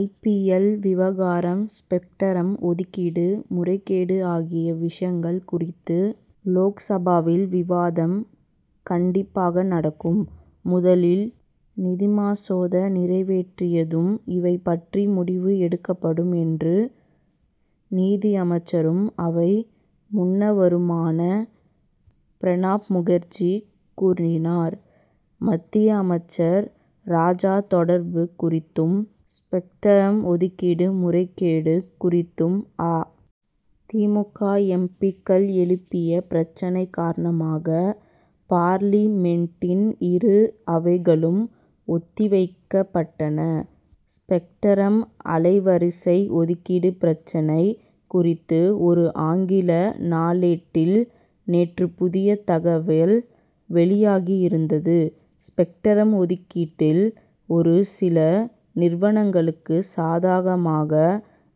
ஐ. P. L. விவகாரம் spectrum ஒதுக்கீடு முறைகேடு ஆகிய விஷயங்கள் குறித்து லோக்சபாவில் விவாதம் கண்டிப்பாக நடக்கும். முதலில் நீதிமசோதா நிறைவேறியதும் இவை பற்றி முடிவு எடுக்கப்படும் என்று நிதியமைச்சரும் அவை முன்னவருமான பிரணாப் முகர்ஜி கூறினார். மத்திய அமைச்சர் ராஜா தொடர்பு குறித்தும் ஸ்பெக்ட்ரம் ஒதுக்கீடு முறைகேடு குறித்தும் அ. தி. மு. க. எம். பி.க்கள் எழுப்பிய பிரச்னை காரணமாக பார்லிமென்டின் இரு அவைகளும் ஒத்திவைக்கப்பட்டன. ஸ்பெக்ட்ரம் அலைவரிசை ஒதுக்கீடு பிரச்னை குறித்து ஒரு ஆங்கில நாளேட்டில் நேற்று புதிய தகவல் வெளியாகியிருந்தது. ஸ்பெக்ட்ரம் ஒதுக்கீட்டில் ஒரு சில நிறுவனங்களுக்கு சாதகமாக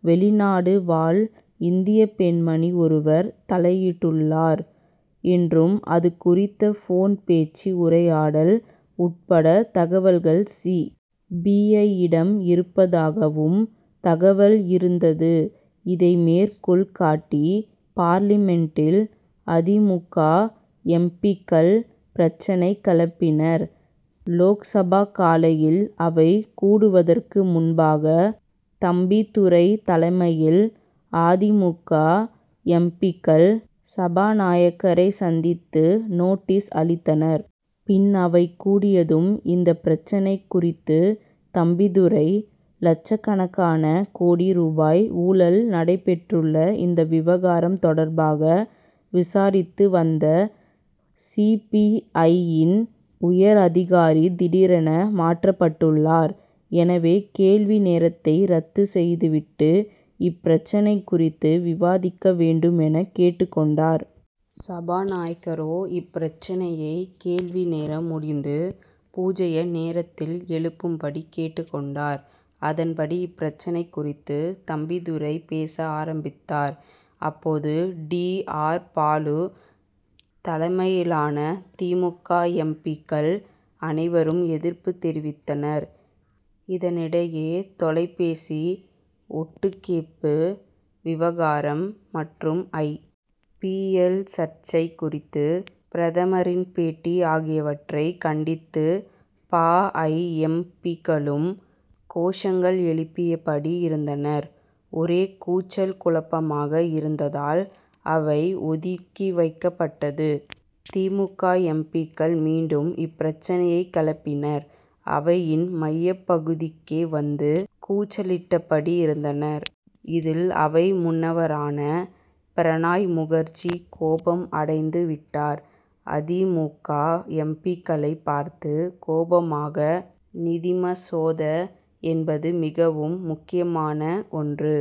வெளிநாடு வாழ் இந்திய பெண்மணி ஒருவர் தலையிட்டுள்ளார் என்றும் அது குறித்த போன் பேச்சு உரையாடல் உட்பட தகவல்கள் சி. பி. ஐ.யிடம் இருப்பதாகவும் தகவல் இருந் தது. இதை மேற்கோள் காட்டி பார்லிமென்டில் அ. தி. மு. க. எம். பி.க்கள் பிரச்னை கிளப்பினர். லோக்சபா காலையில் அவை கூடுவதற்கு முன்பாக தம்பிதுரை தலைமையில் அ. தி. மு. க. எம். பி.க்கள் சபாநாயகரை சந்தித்து நோட்டீஸ் அளித்தனர். பின் அவை கூடியதும் இந்த பிரச்னை குறித்து தம்பிதுரை லட்சக்கணக்கான கோடி ரூபாய் ஊழல் நடைபெற்றுள்ள இந்த விவகாரம் தொடர்பாக விசாரித்துவந்த சி. பி. ஐ.யின் உயர் அதிகாரி திடீரென மாற்றப்பட்டுள்ளார். எனவே கேள்வி நேரத்தை ரத்து செய்துவிட்டு இப்பிரச்னை குறித்து விவாதிக்க வேண்டும் என கேட்டுக் கொண்டார். சபாநாயகரோ இப்பிரச்னையை கேள்விநேரம் முடிந்து பூஜ்ய நேரத்தில் எழுப்பும்படி கேட்டுக் கொண்டார். அதன்படி இப்பிரச்னை குறித்து தம்பிதுரை பேச ஆரம்பித்தார். அப்போது டி. ஆர். பாலு தலைமையிலான தி. மு. க. எம். பி.க்கள் அனைவரும் எதிர்ப்பு தெரிவித்தனர். இதனிடையே தொலைபேசி ஒட்டுக்கேட்பு விவகாரம் மற்றும் ஐ. பி. எல். சர்ச்சை குறித்து பிரதமரின் பேட்டி ஆகியவற்றை கண்டித்து பா. ஐ. எம். பி.க்களும் கோஷங்கள் எழுப்பியபடி இருந்தனர். ஒரே கூச்சல் குழப்பமாக இருந்ததால் அவை ஒத்திவைக்கப்பட்டது. தி. மு. க. எம். பி.க்கள் மீண்டும் இப்பிரச்னையை கிளப்பினர். அவையின் மையப்பகுதிக்கே வந்து கூச்சலிட்டபடி இருந்தனர். இதில் அவை முன்னவரான பிரணாப் முகர்ஜி கோபம் அடைந்துவிட்டார். அ. தி. மு. க. எம். பி.க்களை பார்த்து கோபமாக நிதிமசோதா என்பது மிகவும் முக்கியமான ஒன்று.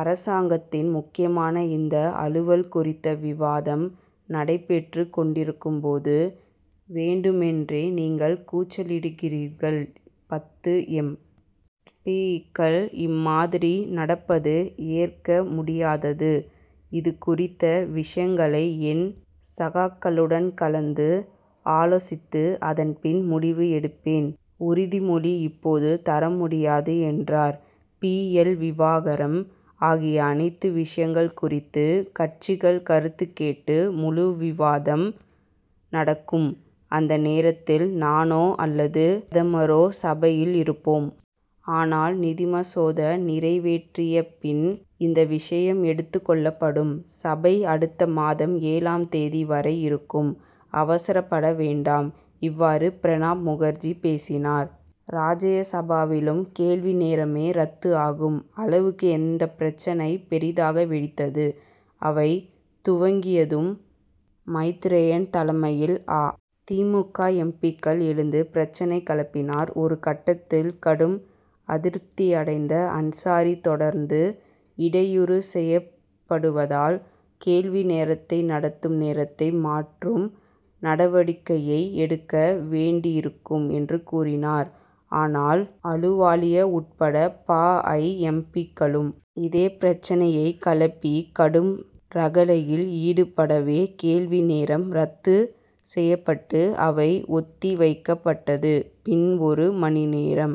அரசாங்கத்தின் முக்கியமான இந்த அலுவல் குறித்த விவாதம் நடைபெற்றுக் கொண்டிருக்கும்போது வேண்டுமென்றே நீங்கள் கூச்சலிடுகிறீர்கள். பத்து எம். பி.க்கள் இம்மாதிரி நடப்பது ஏற்க முடியாதது. இது குறித்த விஷயங்களை என் சகாக்களுடன் கலந்து ஆலோசித்து அதன் பின் முடிவு எடுப்பேன் உறுதிமொழி இப்போது தரமுடியாது என்றார். பி. எல். விவகாரம் ஆகிய அனைத்து விஷயங்கள் குறித்து கட்சிகள் கருத்துக் கேட்டு முழுவிவாதம் நடக்கும் அந்த நேரத்தில் நானோ அல்லது பிரதமரோ சபையில் இருப்போம். ஆனால் நிதிமசோதா நிறைவேறியபின் இந்தவிஷயம் எடுத்துக் கொள்ளப்படும். சபை அடுத்த மாதம் ஏழாம் தேதி வரை இருக்கும். அவசரப்பட வேண்டாம். இவ்வாறு பிரணாப் முகர்ஜி பேசினார். ராஜ்யசபாவிலும் கேள்விநேரமே ரத்து ஆகும் அளவுக்கு இந்த பிரச்னை பெரிதாக வெடித்தது. அவை துவங்கியதும் மைத்ரேயன் தலைமையில் அ. தி. மு. க. எம். பி.க்கள் எழுந்து பிரச்னை கிளப்பினார். ஒரு கட்டத்தில் கடும் அதிருப்தியடைந்த அன்சாரி தொடர்ந்து இடையூறு செய்யப்படுவதால் கேள்வி நேரத்தை நடத்தும் நேரத்தை மாற்றும் நடவடிக்கையை எடுக்க வேண்டியிருக்கும் என்று கூறினார். ஆனால் அலுவாலியா உட்பட பா. ஐ. எம். பி.க்களும் இதே பிரச்னையை களப்பி கடும் ரகளையில் ஈடுபடவே கேள்வி நேரம் ரத்து செய்யப்பட்டு அவை ஒத்தி வைக்கப்பட்டது. பின் ஒரு மணி நேரம்